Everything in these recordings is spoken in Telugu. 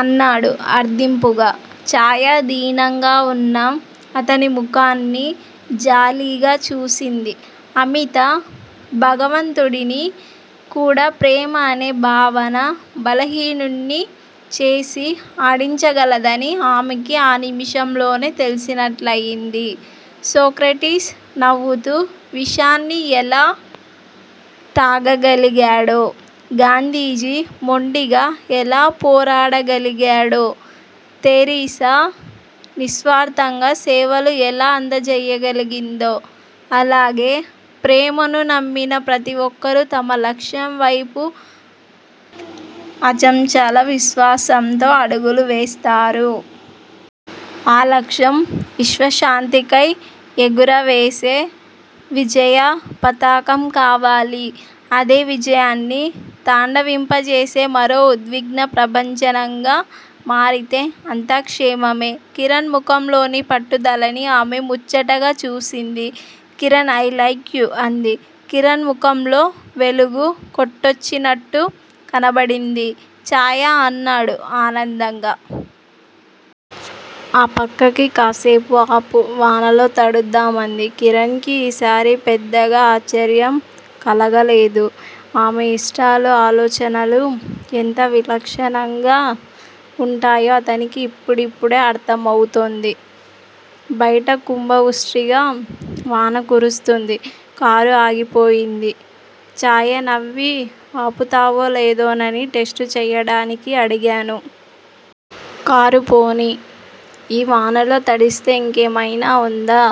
అన్నాడు అర్దింపుగా. చాయ దీనంగా వున్న అతని ముఖాన్ని జాలిగా చూసింది. అమిత బలవంతుడిని కూడా ప్రేమ అనే భావన బలహీనుడ్ని చేసి ఆడించగలదని ఆమెకి ఆ నిముషంలోనే తెలిసినట్లయింది. సోక్రటీస్ నవ్వుతూ విషాన్ని ఎలా త్రాగగలిగాడో? గాంధీజీ మొండిగా ఎలా పోరాడగలిగాడో? థెరిసా నిస్వార్ధంగా సేవలు ఎలా అందజేయగలిగిందో అలాగే ప్రేమను నమ్మిన ప్రతి ఒక్కరూ తమ లక్ష్యం వైపు అచంచల విశ్వాసంతో అడుగులు వేస్తారు. ఆ లక్ష్యం విశ్వశాంతికై ఎగురవేసే విజయపతాకం కావాలి. అదే విజయాన్ని తాండవింపజేసే మరో ఉద్విగ్నప్రభంజనంగా మారితే అంతా క్షేమమే. కిరణ్ ముఖంలోని పట్టుదలని ఆమె ముచ్చటగా చూసింది. కిరణ్ ఐ లైక్ యూ అంది. కిరణ్ ముఖంలో వెలుగు కొట్టొచ్చినట్టు కనబడింది. చాయా అన్నాడు ఆనందంగా. ఆ పక్కకి కాసేపు ఆపు, వానలో తడుద్దాం అంది. కిరణ్ కి ఈసారి పెద్దగా ఆశ్చర్యం కలగలేదు. ఆమె ఇష్టాలూ, ఆలోచనలూ ఎంత విలక్షణంగా వుంటాయో అతనికి ఇప్పుడిప్పుడే అర్ధం అవుతోంది. బయట కుంభవృష్టిగా వాన కురుస్తోంది. కారు ఆగిపోయింది. చాయ నవ్వి- ఆపుతావో లేదోనని టెస్టు చేయడానికి అడిగాను. కారు పోనీ! ఈ వానలో తడిస్తే ఇంకేమైనా వుందా?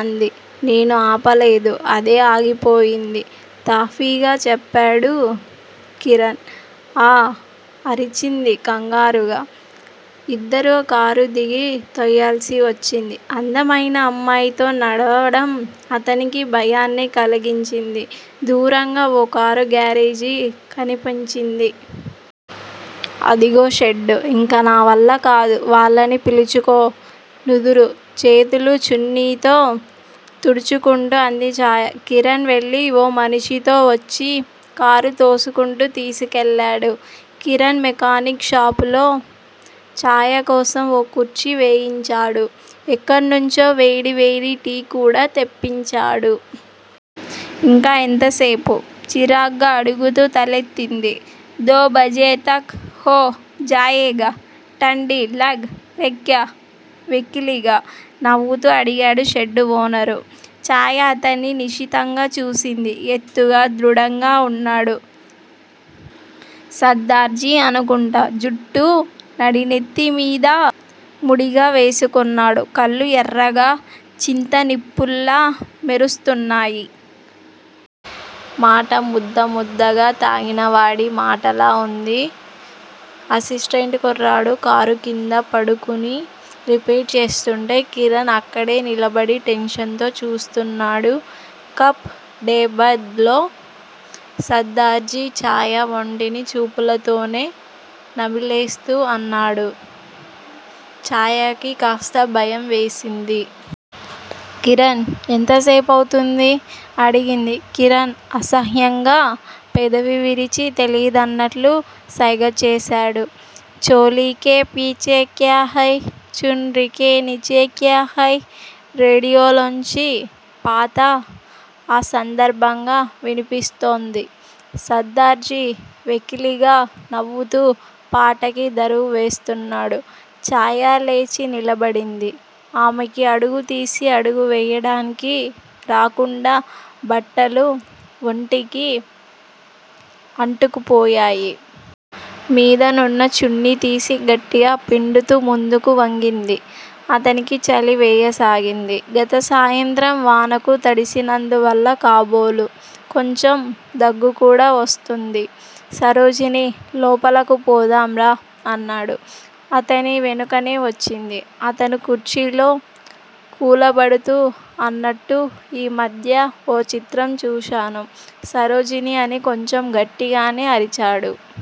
అంది. నేను ఆపలేదు. అదే ఆగిపోయింది తాపీగా చెప్పాడు కిరణ్. ఆ! అరిచింది కంగారుగా. ఇద్దరూ కారు దిగి తొయ్యాల్సి వచ్చింది. అందమైన అమ్మాయితో నడవడం అతనికి భయాన్నే కలిగించింది. దూరంగా ఓ కారు గ్యారేజీ కనిపించింది. అదిగో షెడ్డు ఇంక నావల్లకాదు! వాళ్ళని పిలుచుకో నుదురు, చేతులు చున్నీతో తుడుచుకుంటూ అంది చాయ. కిరణ్ వెళ్ళి ఓ మనిషితో వచ్చి కారు తోసుకుంటూ తీసుకెళ్ళాడు. కిరణ్ మెకానిక్ షాపులో చాయ కోసం ఓ కుర్చీ వేయించాడు. ఎక్కడ్నుంచో వేడివేడి టీ కూడా తెప్పించాడు. ఇంకా ఎంతసేపు? చిరాగ్గా అడుగుతూ తలెత్తింది. దో బజే తక్ హో జాయేగా! ఠండీ లగ్ రేక్యా వెకిలిగా నవ్వుతూ అడిగాడు షెడ్డు ఓనరు. చాయ అతన్ని నిశితంగా చూసింది. ఎత్తుగా, దృఢంగా వున్నాడు సర్దార్జీ అనుకుంటా! జుట్టు నడినెత్తిమీద ముడిగా వేసుకున్నాడు. కళ్ళు ఎర్రగా చింతనిప్పుల్లా మెరుస్తున్నాయి. మాట ముద్ద ముద్దగా తాగినవాడి మాటలా వుంది. అసిస్టెంట్ కుర్రాడు కారు క్రింద పడుకుని రిపేర్ చేస్తుంటే కిరణ్ అక్కడే నిలబడి టెన్షన్ తో చూస్తున్నాడు. కప్ డే బద్ లో సర్దార్జీ చాయ ఒంటిని చూపులతోనే నమిలేస్తూ అన్నాడు. చాయకి కాస్త భయం వేసింది. కిరణ్! ఎంత సేపవుతుంది? అడిగింది. కిరణ్ అసహ్యంగా పెదవి విరిచి తెలీదన్నట్లు సైగ చేశాడు. చోలీకే పీచే క్యాహై చున్ రీకే నీఛే క్యాహై రేడియోలోంచి పాత అసందర్భంగా వినిపిస్తోంది. సర్దార్జీ వెకిలిగా నవ్వుతూ పాటకి దరువు వేస్తున్నాడు. చాయ లేచి నిలబడింది. ఆమెకి అడుగు తీసి అడుగు వేయడానికి రాకుండా బట్టలు వంటికి అంటుకుపోయాయి. మీదనున్న చున్నీ తీసి గట్టిగా పిండుతూ ముందుకి వంగింది. అతనికి చలి వేయసాగింది. గత సాయంత్రం వానకు తడిసినందువల్ల కాబోలు కొంచెం దగ్గుకూడా వస్తోంది. సరోజినీ లోపలకు పోదాం రా అన్నాడు. అతని వెనుకనే వచ్చింది. అతను కుర్చీలో కూలబడుతూ అన్నట్టు యీ మధ్య ఓ చిత్రం చూశాను సరోజినీ అని కొంచెం గట్టిగానే అరిచాడు.